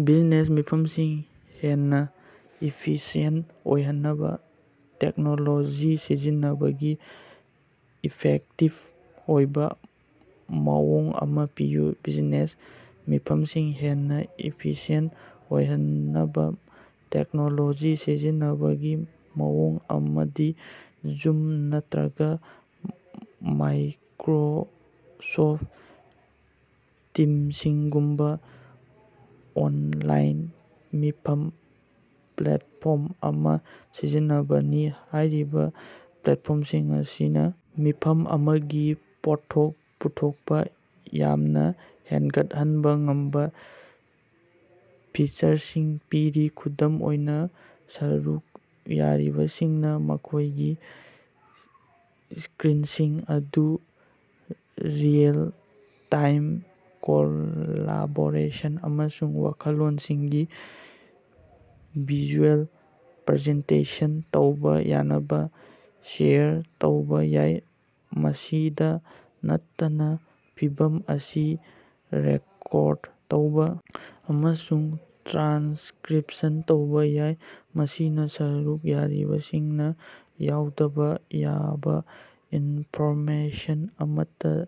Business ꯃꯤꯐꯝꯁꯤꯡ ꯍꯦꯟꯅꯥ efficient ꯑꯣꯏꯍꯟꯅꯕ ꯇꯦꯛꯅꯣꯂꯣꯖꯤ ꯁꯤꯖꯤꯟꯅꯕꯒꯤ ꯏꯐꯦꯛꯇꯤꯚ ꯑꯣꯏꯕꯥ ꯃꯑꯣꯡ ꯑꯃꯥ ꯄꯤꯌꯨ꯫ ꯕꯤꯖꯤꯅꯦꯁ ꯃꯤꯐꯝꯁꯤꯡ ꯍꯦꯟꯅꯥ ꯏꯐꯤꯁꯤꯌꯦꯟꯇ ꯑꯣꯏꯍꯟꯅꯕ ꯇꯦꯛꯅꯣꯂꯣꯖꯤ ꯁꯤꯖꯤꯟꯅꯕꯒꯤ ꯃꯑꯣꯡ ꯑꯃꯗꯤ ꯖꯨꯝ ꯅꯠꯇꯔꯒꯥ ꯃꯥꯏꯀꯔꯣꯁꯣꯐ ꯇꯤꯝꯁꯤꯡꯒꯨꯝꯕꯥ ꯑꯣꯟꯂꯥꯏꯟ ꯃꯤꯐꯝ ꯄ꯭ꯂꯦꯠꯐꯣꯔꯝ ꯑꯃꯥ ꯁꯤꯖꯤꯟꯅꯕꯅꯤ꯫ ꯍꯥꯏꯔꯤꯕꯥ ꯄ꯭ꯂꯦꯠꯐꯣꯔꯝꯁꯤꯡ ꯑꯁꯤꯅ ꯃꯤꯐꯝ ꯑꯃꯒꯤ ꯄꯣꯠꯊꯣꯛ ꯄꯨꯊꯣꯛꯄꯥ ꯌꯥꯝꯅꯥ ꯍꯦꯟꯒꯠꯍꯟꯕꯥ ꯉꯝꯕꯥ ꯐꯤꯆꯔꯁꯤꯡ ꯄꯤꯔꯤ꯫ ꯈꯨꯗꯝ ꯑꯣꯏꯅꯥ, ꯁꯔꯨꯛ ꯌꯥꯔꯤꯕꯁꯤꯡꯅꯥ ꯃꯈꯣꯏꯒꯤ ꯁ꯭ꯀꯔꯤꯟꯁꯤꯡ ꯑꯗꯨ ꯔꯤꯑꯦꯜ-ꯇꯥꯏꯝ ꯀꯣꯂꯥꯕꯣꯔꯦꯁꯟ ꯑꯃꯁꯨꯡ ꯋꯥꯈꯜꯂꯣꯟꯁꯤꯡꯒꯤ ꯚꯤꯖꯨꯑꯦꯜ ꯄ꯭ꯔꯖꯦꯟꯇꯦꯁꯟ ꯇꯧꯕꯥ ꯌꯥꯅꯕ ꯁꯦꯌꯔ ꯇꯧꯕꯥ ꯌꯥꯏ꯫ ꯃꯁꯤꯗꯥ ꯅꯠꯇꯅ ꯃꯤꯐꯝ ꯑꯁꯤ ꯔꯦꯀꯣꯔꯗ ꯇꯧꯕꯥ ꯑꯃꯁꯨꯡ ꯇ꯭ꯔꯥꯟꯁꯀꯔꯤꯞꯁꯟ ꯇꯧꯕꯥ ꯌꯥꯏ, ꯃꯁꯤꯅꯥ ꯁꯔꯨꯛ ꯌꯥꯔꯤꯕꯁꯤꯡꯅꯥ ꯌꯥꯎꯗꯕꯥ ꯌꯥꯕꯥ ꯏꯟꯐꯣꯔꯃꯦꯁꯟ ꯑꯃꯠꯇꯥ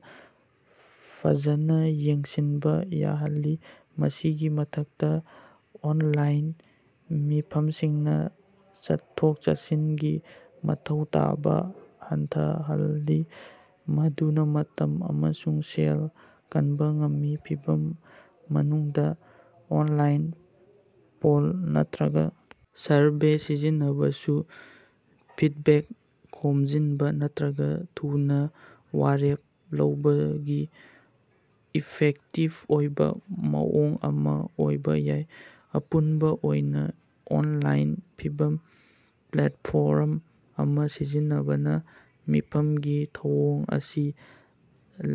ꯐꯖꯅꯥ ꯌꯦꯡꯁꯤꯟꯕꯥ ꯌꯥꯍꯜꯂꯤ꯫ ꯃꯁꯤꯒꯤ ꯃꯊꯛꯇꯥ, ꯑꯣꯟꯂꯥꯏꯟ ꯃꯤꯐꯝꯁꯤꯡꯅꯥ ꯆꯠꯊꯣꯛ-ꯆꯠꯁꯤꯟꯒꯤ ꯃꯊꯧ ꯇꯥꯕꯥ ꯍꯟꯊꯍꯜꯂꯤ, ꯃꯗꯨꯅꯥ ꯃꯇꯝ ꯑꯃꯁꯨꯡ ꯁꯦꯜ ꯀꯟꯕ ꯉꯝꯃꯤ꯫ ꯃꯤꯐꯝ ꯃꯅꯨꯡꯗ ꯑꯣꯟꯂꯥꯏꯟ ꯄꯣꯜ ꯅꯠꯇꯔꯒꯥ ꯁꯔꯚꯦ ꯁꯤꯖꯤꯟꯅꯕꯁꯨ ꯐꯤꯗꯕꯦꯛ ꯈꯣꯝꯖꯤꯟꯕꯥ ꯅꯠꯇꯔꯒ ꯊꯨꯅꯥ ꯋꯥꯔꯦꯞ ꯂꯧꯕꯒꯤ ꯏꯐꯦꯛꯇꯤꯕ ꯑꯣꯏꯕꯥ ꯃꯑꯣꯡ ꯑꯃꯥ ꯑꯣꯏꯕꯥ ꯌꯥꯏ꯫ ꯑꯄꯨꯟꯕ ꯑꯣꯏꯅꯥ, ꯑꯣꯟꯂꯥꯏꯟ ꯃꯤꯐꯝ ꯄ꯭ꯂꯦꯠꯐꯣꯔꯝ ꯑꯃꯥ ꯁꯤꯖꯤꯟꯅꯕꯅ ꯃꯤꯐꯝꯒꯤ ꯊꯧꯑꯣꯡ ꯑꯁꯤ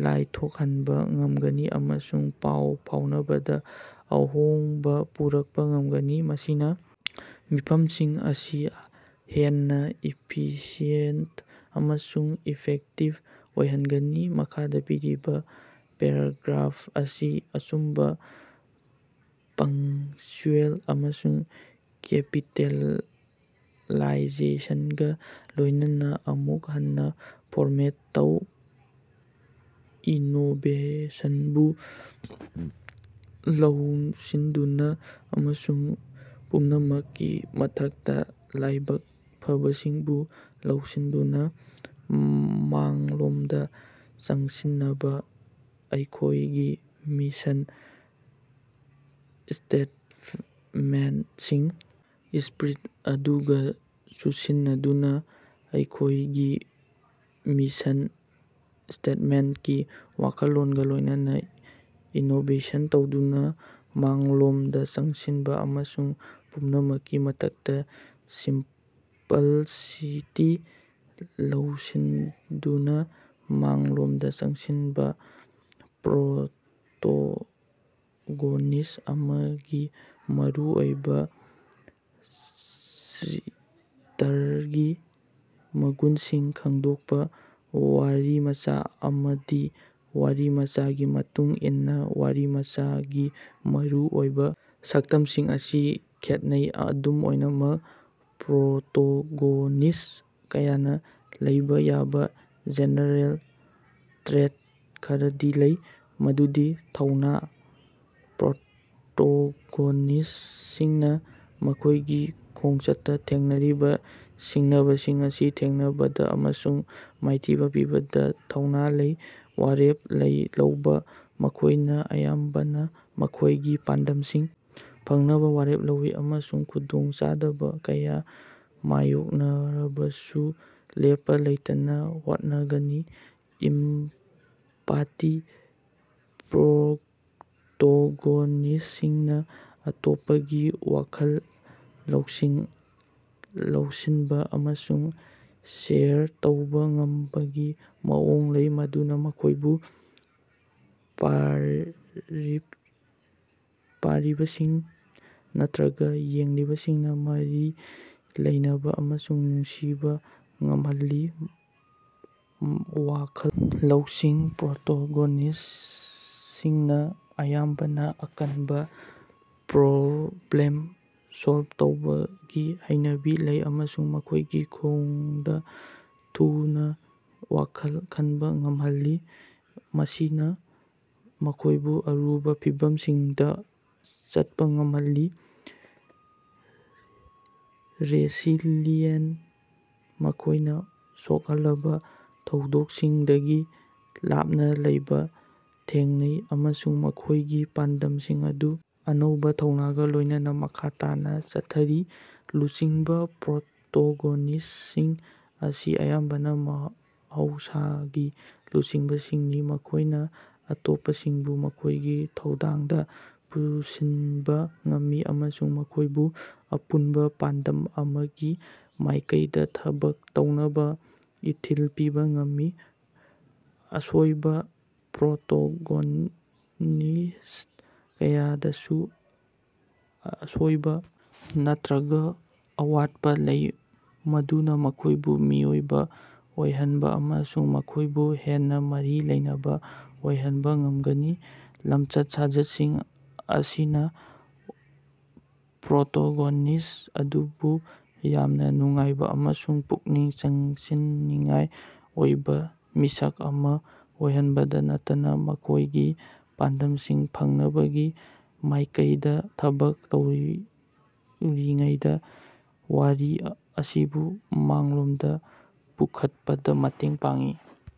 ꯂꯥꯏꯊꯣꯛꯍꯟꯕꯥ ꯉꯝꯒꯅꯤ ꯑꯃꯁꯨꯡ ꯄꯥꯎ ꯐꯥꯎꯅꯕꯗꯥ ꯑꯍꯣꯡꯕ ꯄꯨꯔꯛꯄꯥ ꯉꯝꯒꯅꯤ, ꯃꯁꯤꯅꯥ ꯃꯤꯐꯝꯁꯤꯡ ꯑꯁꯤ ꯍꯦꯟꯅꯥ ꯏꯐꯤꯁꯤꯌꯦꯟꯇ ꯑꯃꯁꯨꯡ ꯏꯐꯦꯛꯇꯤꯕ ꯑꯣꯏꯍꯟꯒꯅꯤ꯫ ꯃꯈꯥꯗꯥ ꯄꯤꯔꯤꯕꯥ ꯄꯦꯔꯥꯒ꯭ꯔꯥꯐ ꯑꯁꯤ ꯑꯆꯨꯝꯕ ꯄꯪꯆ꯭ꯌꯨꯑꯦꯜ ꯑꯃꯁꯨꯡ ꯀꯦꯄꯤꯇꯦꯂꯥꯏꯖꯦꯁꯟꯒꯥ ꯂꯣꯏꯅꯅꯥ ꯑꯃꯨꯛ ꯍꯟꯅꯥ ꯐꯣꯔꯃꯦꯠ ꯇꯧ꯫ ꯏꯅꯣꯕꯦꯁꯟꯕꯨ ꯂꯧꯁꯤꯟꯗꯨꯅꯥ ꯑꯃꯁꯨꯡ ꯄꯨꯝꯅꯃꯛꯀꯤ ꯃꯊꯛꯇꯥ ꯂꯥꯏꯕꯛ ꯐꯕꯁꯤꯡꯕꯨ ꯂꯧꯁꯤꯟꯗꯨꯅꯥ ꯃꯥꯡꯂꯣꯝꯗꯥ ꯆꯪꯁꯤꯟꯅꯕꯥ ꯑꯩꯈꯣꯏꯒꯤ ꯃꯤꯁꯟ ꯁ꯭ꯇꯦꯠꯃꯦꯟ ꯁꯤꯡ ꯁ꯭ꯄꯤꯔꯤꯠ ꯑꯗꯨꯒꯥ ꯆꯨꯁꯤꯟꯅꯗꯨꯅꯥ꯫ ꯑꯩꯈꯣꯏꯒꯤ ꯃꯤꯁꯟ ꯁ꯭ꯇꯦꯠꯃꯦꯟꯠꯀꯤ ꯋꯥꯈꯜꯂꯣꯟꯒꯥ ꯂꯣꯏꯅꯅꯥ, ꯏꯅꯣꯕꯦꯁꯟ ꯂꯧꯗꯨꯅ ꯃꯥꯡꯂꯣꯝꯗ ꯆꯪꯁꯤꯟꯕ ꯑꯃꯁꯨꯡ ꯄꯨꯝꯅꯃꯛꯀꯤ ꯃꯊꯛꯇꯥ ꯁꯤꯝꯄꯜꯁꯤꯇꯤ ꯂꯧꯁꯤꯟꯗꯨꯅ ꯃꯥꯡꯂꯣꯝꯗ ꯆꯪꯁꯤꯟꯕ꯫ ꯄ꯭ꯔꯣꯇꯣꯒꯣꯅꯤꯁ꯭ꯠ ꯑꯃꯒꯤ ꯃꯔꯨꯑꯣꯏꯕꯥ ꯆꯔꯤꯇꯔꯒꯤ ꯃꯒꯨꯟꯁꯤꯡ ꯈꯪꯗꯣꯛꯄꯥ꯫ ꯋꯥꯔꯤꯃꯆꯥ ꯑꯃꯗꯤ ꯋꯥꯔꯤꯃꯆꯥꯒꯤ ꯃꯇꯨꯡ ꯏꯟꯅꯥ ꯋꯥꯔꯤꯃꯆꯥꯒꯤ ꯃꯔꯨ ꯑꯣꯏꯕꯥ ꯁꯛꯇꯝꯁꯤꯡ ꯑꯁꯤ ꯈꯦꯠꯅꯩ꯫ ꯑꯗꯨꯝ ꯑꯣꯏꯅꯃꯛ, ꯄ꯭ꯔꯣꯇꯣꯒꯣꯅꯤꯁ꯭ꯠ ꯀꯌꯥꯅꯥ ꯂꯩꯕꯥ ꯌꯥꯕꯥ ꯖꯦꯅꯦꯔꯦꯜ ꯇ꯭ꯔꯦꯠ ꯈꯔꯗꯤ ꯂꯩ ꯃꯗꯨꯗꯤ: ꯊꯧꯅꯥ: ꯄ꯭ꯔꯣꯇꯣꯒꯣꯅꯤꯁ꯭ꯇꯁꯤꯡꯅꯥ ꯃꯈꯣꯏꯒꯤ ꯈꯣꯡꯆꯠꯇꯥ ꯊꯦꯡꯅꯔꯤꯕꯥ ꯁꯤꯡꯅꯕꯁꯤꯡ ꯑꯁꯤ ꯊꯦꯡꯅꯕꯗꯥ ꯑꯃꯁꯨꯡ ꯃꯥꯏꯊꯤꯕꯥ ꯄꯤꯕꯗꯥ ꯊꯧꯅꯥ ꯂꯩ꯫ ꯋꯥꯔꯦꯞ ꯂꯧꯕꯥ: ꯃꯈꯣꯏꯅꯥ ꯑꯌꯥꯝꯕꯅ ꯃꯈꯣꯏꯒꯤ ꯄꯥꯟꯗꯝꯁꯤꯡ ꯐꯪꯅꯕꯥ ꯋꯥꯔꯦꯞ ꯂꯧꯏ ꯑꯃꯁꯨꯡ ꯈꯨꯗꯣꯡꯆꯥꯗꯕꯥ ꯀꯌꯥ ꯃꯥꯌꯣꯛꯅꯔꯕꯁꯨ ꯂꯦꯞꯄꯥ ꯂꯩꯇꯅꯥ ꯍꯣꯠꯅꯒꯅꯤ꯫ ꯏꯝꯄꯥꯇꯤ: ꯄ꯭ꯔꯣꯇꯣꯒꯣꯅꯤꯁ꯭ꯇꯁꯤꯡꯅꯥ ꯑꯇꯣꯞꯄꯒꯤ ꯋꯥꯈꯜ ꯂꯧꯁꯤꯡ ꯂꯧꯁꯤꯟꯕ ꯑꯃꯁꯨꯡ ꯁꯦꯌꯔ ꯇꯧꯕꯥ ꯉꯝꯕꯒꯤ ꯃꯑꯣꯡ ꯂꯩ, ꯃꯗꯨꯅꯥ ꯃꯈꯣꯏꯕꯨ ꯄꯥꯔꯤꯕꯁꯤꯡ ꯅꯠꯇꯔꯒ ꯌꯦꯡꯂꯤꯕꯁꯤꯡꯅ ꯃꯔꯤ ꯂꯩꯅꯕ ꯑꯃꯁꯨꯡ ꯅꯨꯡꯁꯤꯕꯥ ꯉꯝꯍꯜꯂꯤ꯫ ꯋꯥꯈꯜ ꯂꯧꯁꯤꯡ: ꯄ꯭ꯔꯣꯇꯣꯒꯣꯅꯤꯁ꯭ꯇꯁꯤꯡꯅ ꯑꯌꯥꯝꯕꯅ ꯑꯀꯟꯕꯥ ꯄ꯭ꯔꯣꯕ꯭ꯂꯦꯝ ꯁꯣꯜꯕ ꯇꯧꯕꯒꯤ ꯍꯩꯅꯕꯤ ꯂꯩ ꯑꯃꯁꯨꯡ ꯃꯈꯣꯏꯒꯤ ꯈꯣꯡꯗꯥ ꯊꯨꯅꯥ ꯋꯥꯈꯜ ꯈꯟꯕꯥ ꯉꯝꯍꯜꯂꯤ, ꯃꯁꯤꯅꯥ ꯃꯈꯣꯏꯕꯨ ꯑꯔꯨꯕꯥ ꯐꯤꯚꯝꯁꯤꯡꯗꯥ ꯆꯠꯄꯥ ꯉꯝꯍꯜꯂꯤ꯫ ꯔꯦꯁꯤꯂꯤꯌꯦꯟꯁ: ꯃꯈꯣꯏꯅꯥ ꯁꯣꯛꯍꯜꯂꯕꯥ ꯊꯧꯗꯣꯛꯁꯤꯡꯗꯒꯤ ꯂꯥꯞꯅꯥ ꯂꯩꯕꯥ ꯊꯦꯡꯅꯩ, ꯑꯃꯁꯨꯡ ꯃꯈꯣꯏꯒꯤ ꯄꯥꯟꯗꯝꯁꯤꯡ ꯑꯗꯨ ꯑꯅꯧꯕꯥ ꯊꯧꯅꯥꯒ ꯂꯣꯏꯅꯅꯥ ꯃꯈꯥ ꯇꯥꯅꯥ ꯆꯠꯊꯔꯤ꯫ ꯂꯨꯆꯤꯡꯕꯥ: ꯄ꯭ꯔꯣꯇꯣꯒꯣꯅꯤꯁ꯭ꯇꯁꯤꯡ ꯑꯁꯤ ꯑꯌꯥꯝꯕꯅꯥ ꯃꯍꯧꯁꯥꯒꯤ ꯂꯨꯆꯤꯡꯕꯁꯤꯡꯅꯤ, ꯃꯈꯣꯏꯅꯥ ꯑꯇꯣꯞꯄꯁꯤꯡꯕꯨ ꯃꯈꯣꯏꯒꯤ ꯊꯧꯗꯥꯡꯗ ꯄꯨꯟꯁꯤꯟꯕ ꯉꯝꯃꯤ ꯑꯃꯁꯨꯡ ꯃꯈꯣꯏꯕꯨ ꯑꯄꯨꯟꯕꯥ ꯄꯥꯟꯗꯝ ꯑꯃꯒꯤ ꯃꯥꯏꯀꯩꯗꯥ ꯊꯕꯛ ꯇꯧꯅꯕꯥ ꯏꯊꯤꯜ ꯄꯤꯕꯥ ꯉꯝꯃꯤ꯫ ꯑꯁꯣꯏꯕꯥ: ꯄ꯭ꯔꯣꯇꯣꯒꯣꯅꯤꯁ꯭ꯠ ꯀꯌꯥꯗꯁꯨ ꯑꯁꯣꯏꯕ ꯅꯠꯇꯔꯒꯥ ꯑꯋꯥꯠꯄꯥ ꯂꯩ ꯃꯗꯨꯅꯥ ꯃꯈꯣꯏꯕꯨ ꯃꯤꯑꯣꯏꯕ ꯑꯣꯏꯍꯟꯕ ꯑꯃꯁꯨꯡ ꯃꯈꯣꯏꯕꯨ ꯍꯦꯟꯅꯥ ꯃꯔꯤ ꯂꯩꯅꯕꯥ ꯑꯣꯏꯍꯟꯕꯥ ꯉꯝꯒꯅꯤ꯫ ꯂꯝꯆꯠ-ꯁꯥꯖꯠꯁꯤꯡ ꯑꯁꯤꯅꯥ ꯄ꯭ꯔꯣꯇꯣꯒꯣꯅꯤꯁ꯭ꯠ ꯑꯗꯨꯕꯨ ꯌꯥꯝꯅ ꯅꯨꯡꯉꯥꯏꯕꯥ ꯑꯃꯁꯨꯡ ꯄꯨꯛꯅꯤꯡ ꯆꯤꯡꯁꯤꯟꯅꯤꯡꯉꯥꯏ ꯑꯣꯏꯕꯥ ꯃꯤꯁꯛ ꯑꯃꯥ ꯑꯣꯏꯍꯟꯕꯇ ꯅꯠꯇꯅꯥ ꯃꯈꯣꯏꯒꯤ ꯄꯥꯟꯗꯝꯁꯤꯡ ꯐꯪꯅꯕꯒꯤ ꯃꯥꯏꯀꯩꯗꯥ ꯊꯕꯛ ꯇꯧꯔꯤꯉꯩꯗꯥ ꯋꯥꯔꯤ ꯑꯁꯤꯕꯨ ꯃꯥꯡꯂꯣꯝꯗꯥ ꯄꯨꯈꯠꯄꯗꯥ ꯃꯇꯦꯡ ꯄꯥꯡꯏ꯫